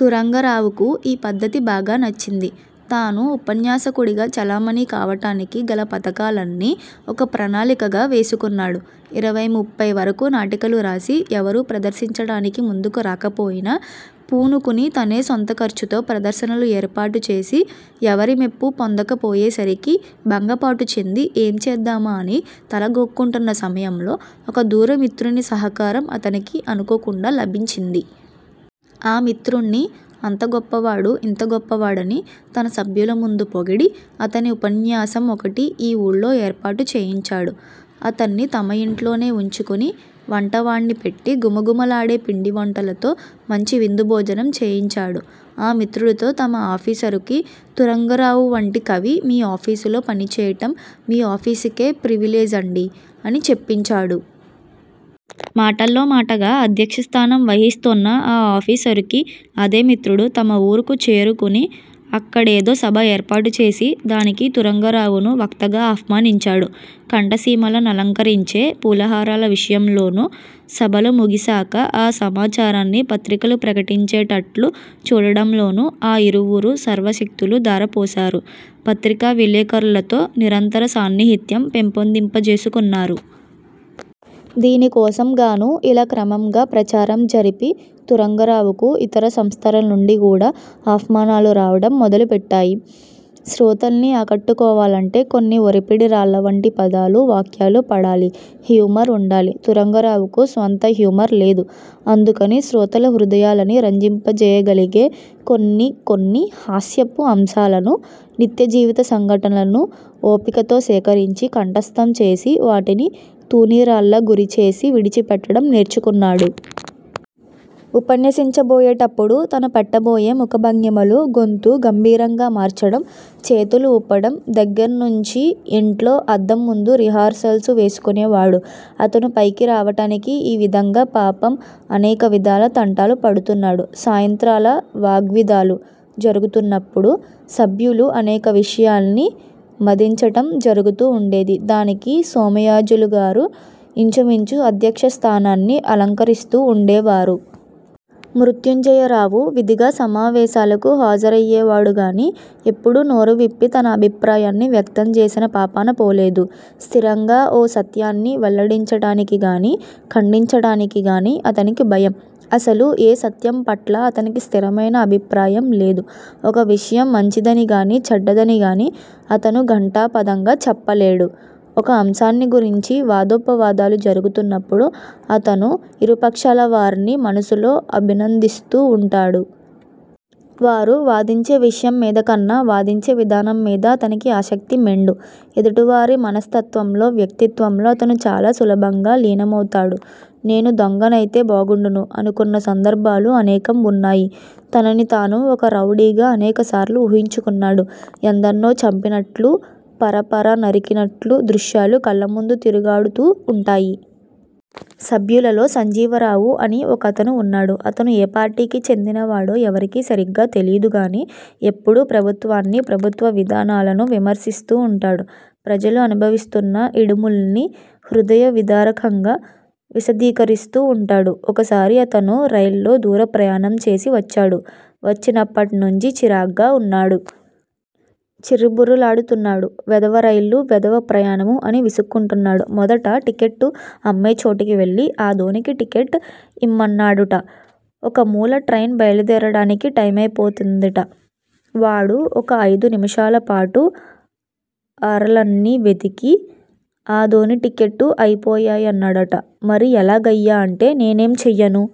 తురంగరావుకు ఈ పద్ధతి బాగా నచ్చింది. తాను ఉపన్యాసకుడిగా చలామణి కావటానికి గల పథకాలన్నీ ఒక ప్రణాళికగా వేసుకున్నాడు. ఇరవై ముప్పై వరకూ నాటికలు రాసి ఎవరూ ప్రదర్శించటానికి ముందుకు రాకపోయినా పూనుకుని తనే సొంతఖర్చుతో ప్రదర్శనలు ఏర్పాటుచేసి, ఎవరి మెప్పూ పొందకపోయేసరికి భంగపాటుచెంది, ఏం చేద్దామా అని తల గోక్కుంటున్న సమయంలో ఒక దూరమిత్రుని సహకారం అతనికి అనుకోకుండా లభించింది. ఆ మిత్రుడ్ని అంత గొప్పవాడు, యింత గొప్పవాడని తను సభ్యులముందు పొగిడి, అతని ఉపన్యాసం ఒకటి ఈ ఊళ్ళో ఏర్పాటు చేయించాడు. అతన్ని తమయింట్లోనే వుంచుకుని వంటవాడ్ని పెట్టి ఘుమఘుమలాడే పిండివంటలతో మంచి విందుభోజనం చేయించాడు. ఆ మిత్రుడితో తమ ఆఫీసరుకి 'తురంగరావువంటి కవి మీ ఆఫీసులో పనిచేయటం మీ ఆఫీసుకే ప్రివిలేజ్ అండీ' అని చెప్పించాడు. మాటల్లో మాటగా అధ్యక్షస్థానం వహిస్తోన్న ఆ ఆఫీసరుకి అదేమిత్రుడు తమ ఊరుకు చేరుకుని అక్కడేదో సభ ఏర్పాటుచేసి దానికి తురంగరావును వక్తగా ఆహ్వానించాడు. కంఠసీమల నలంకరించే పూలహారాల విషయంలోనూ, సభలు ముగిశాక ఆ సమాచారాన్ని పత్రికలు ప్రకటించేటట్లు చూడడంలోనూ ఆ యిరువురూ సర్వశక్తులూ ధారపోశారు. పత్రికా విలేఖరులతో నిరంతర సాన్నిహిత్యం పెంపొందింపజేసుకున్నారు. దీనికోసంగానూ, ఇలా క్రమంగా ప్రచారం జరిపి తురంగరావుకు యితర సంస్థలనుండికూడా ఆహ్వానాలు రావటం మొదలుపెట్టాయి. శ్రోతల్ని ఆకట్టుకోవాలంటే కొన్ని ఒరిపిడి రాళ్ళవంటి పదాలూ, వాక్యాలూ పడాలి. హ్యూమర్ వుండాలి. తురంగరావుకు స్వంత హ్యూమర్ లేదు. అందుకని శ్రోతల హృదయాలని రంజింపచేయగలిగే కొన్ని కొన్ని హాస్యపు అంశాలనూ, నిత్యజీవిత సంఘటనలనూ ఓపికతో సేకరించి, కంఠస్థం చేసి, వాటిని తూణీరాల్లా గురిచేసి విడిచిపెట్టటం నేర్చుకున్నాడు. ఉపన్యసించబోయేటప్పుడు తను పెట్టబోయే ముఖభంగిమలూ, గొంతు గంభీరంగా మార్చటం, చేతులు వూపటం దగ్గర్నుంచీ యింట్లో అద్దంముందు రిహార్సల్సు వేసుకునేవాడు. అతను పైకి రావటానికి ఈవిధంగా పాపం, అనేకవిధాల తంటాలు పడుతున్నాడు. సాయంత్రాల వాగ్విదాలు జరుగుతున్నప్పుడు సభ్యులు అనేక విషయాల్ని మధించటం జరుగుతూ వుండేది. దానికి సోమయాజులుగారు యించుమించు అధ్యక్షస్థానాన్ని అలంకరిస్తూ వుండేవారు. మృత్యుంజయరావు విధిగా సమావేశాలకు హాజరయేవాడుగాని, ఎప్పుడూ నోరు విప్పి తన అభిప్రాయాన్ని వ్యక్తంచేసిన పాపానపోలేదు. స్థిరంగా ఓ సత్యాన్ని వెల్లడించటానికిగానీ, ఖండించటానికిగానీ అతనికి భయం. అసలు ఏ సత్యంపట్లా అతనికి స్థిరమైన అభిప్రాయంలేదు. ఒక విషయం మంచిదనిగానీ, చెడ్డదనిగానీ అతను ఘంటాపథంగా చెప్పలేడు. ఒక అంశాన్ని గురించి వాదోపవాదాలు జరుగుతున్నప్పుడు అతను యిరుపక్షాలవార్నీ మనసులో అభినందిస్తూ వుంటాడు. వారు వాదించే విషయం మీదకన్నా, వాదించే విధానంమీద అతనికి ఆసక్తి మెండు. ఎదుటివారి మనస్తత్వంలో, వ్యక్తిత్వంలో అతను చాలా సులభంగా లీనమౌతాడు. 'నేను దొంగనైతే బాగుండును' అనుకున్న సందర్భాలు అనేకం వున్నాయి. తనని తాను ఒక రౌడీగా అనేకసార్లు ఊహించుకున్నాడు. ఎందర్నో చంపినట్లూ, పరపర నరికినట్లూ దృశ్యాలు కళ్ళముందు తిరుగాడుతూ వుంటాయి. సభ్యులలో సంజీవరావు అని ఒకతను వున్నాడు. అతను ఏ పార్టీకి చెందినవాడో ఎవరికీ సరిగ్గా తెలీదుగాని, ఎప్పుడూ ప్రభుత్వాన్నీ, ప్రభుత్వ విధానాలనూ విమర్శిస్తూ వుంటాడు. ప్రజలు అనుభవిస్తూన్న యిడుముల్ని హృదయ విదారకంగా విశదీకరిస్తూ వుంటాడు. ఒకసారి అతను రైల్లో దూర ప్రయాణం చేసి వచ్చాడు. వచ్చినప్పట్నుంచీ చిరాగ్గా వున్నాడు. చిర్రుబుర్రులాడు తున్నాడు. వెధవ రైళ్ళూ, వెధవ ప్రయాణమూ అని విసుక్కుంటున్నాడు. మొదట టిక్కెట్లు అమ్మేచోటికి వెళ్ళి ఆదోనికి టికెట్ యిమ్మన్నాడుట. ఒకమూల ట్రైన్ బయలుదేరటానికి 'టైమయిపోతుందిట. వాడు ఒక అయిదు నిముషాలపాటు అరలన్నీ వెదికి ఆదోని టికెట్లు అయిపోయా యన్నాడుట. 'మరి ఎలాగయ్యా' అంటే 'నేనేం చెయ్యను'